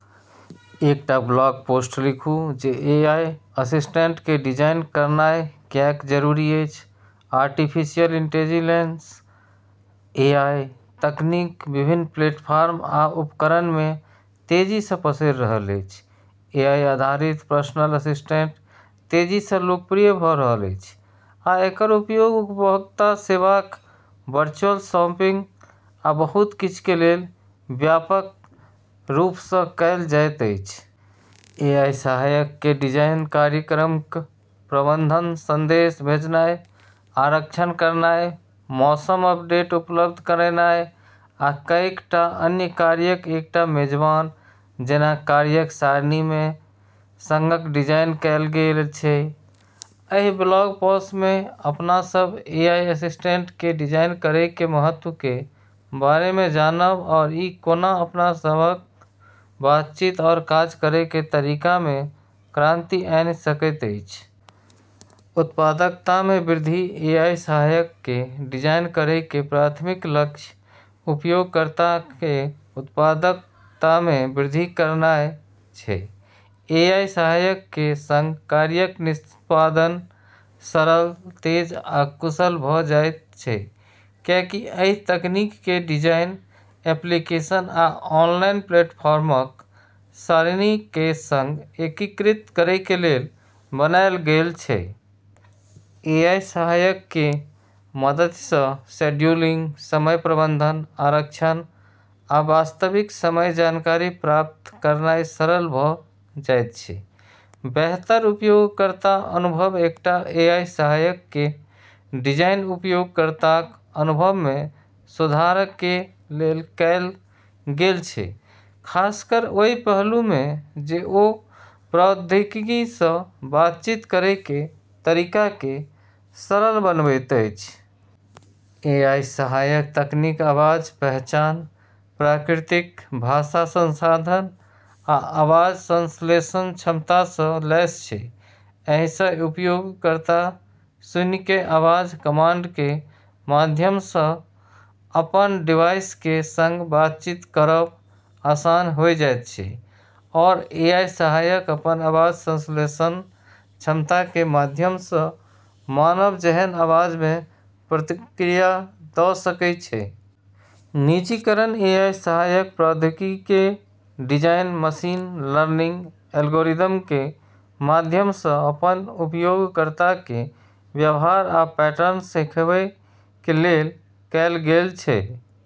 एकटा blog post लिखु जे एआई असिस्टेंटके डिजाइन करनाइ किएक जरूरी अछि । आर्टिफिशियल इंटेलिजेंस (एआई) तकनीक विभिन्न प्लेटफार्म आ उपकरणमे तेजीसँ पसैर रहल छै । एआई आधारित पर्सनल असिस्टेंट तेजीसँ लोकप्रिय भ' रहल छै आ एकर उपयोग उपभोक्ता सेवाक, वर्चुअल शॉपिंग आ बहुत किछके लेल व्यापक रूपसँ कैल जाइत छै । एआई सहायकके डिजाइन कार्यक्रमक प्रबंधन, संदेश भेजनाइ, आरक्षण करनाइ, मौसम अपडेट उपलब्ध करेनाइ, आ कएक टा अन्य कार्यक एकटा मेजबान जेना कार्यक सारिणीके सङ्ग डिजाइन कैल गेल छै । एहि ब्लॉग पोस् मे अपनासब एआई असिस्टेंटके डिजाइन करैके महत्वके बारेमे जानब आओर ई कोना अपना सबहक बातचीत आओर काज करैके तरीकामे क्रांति आनि सकैत अछि । उत्पादकतामे वृद्धि एआई सहायकके डिजाइन करैके प्राथमिक लक्ष्य उपयोगकर्ताकेँ उत्पादकतामे वृद्धि करनाइ छै । एआई सहायकके सङ्ग कार्यक निष्पादन सरल, तेज आ कुशल भ' जाइत छै, किएकि एहि तकनीकके डिजाइन एप्लीकेशन आ ऑनलाइन प्लेटफॉर्मक सारिणीके सङ्ग एकीकृत करैके लेल बनायल गेल छै । एआई सहायकके मदतिसँ शेड्यूलिंग, समय प्रबंधन, आरक्षण आ वास्तविक समय जानकारी प्राप्त करनाइ सरल भ' जाइत छै । बेहतर उपयोगकर्ता अनुभव एकटा एआई सहायकके डिजाइन उपयोगकर्ताक अनुभवमे सुधारके लेल कैल गेल छै खासकर ओहि पहलुमे जे ओ प्रौद्योगिकीसँ बातचीत करैके तरीकाके सरल बनबैत छै । एआई सहायक तकनीक आवाज पहचान, प्राकृतिक भाषा संसाधन आ आवाज संश्लेषण क्षमतासँ लैस छै । एहिसँ उपयोगकर्ता सुनिके आवाज कमांडके माध्यमसँ अपन डिवाइसके सङ्ग बातचीत करब आसान होइ जाइत छै आओर एआई सहायक अपन आवाज संश्लेषण क्षमताके माध्यमसँ मानव जेहन आवाजमे प्रतिक्रिया द' सकै छै। निजीकरण एआई सहायक प्रौद्योगिकीके डिजाइन मशीन लर्निंग एल्गोरिदमके माध्यमसँ अपन उपयोगकर्ताके व्यवहार आ पैटर्नसँ सीखयके लेल कैल गेल छै।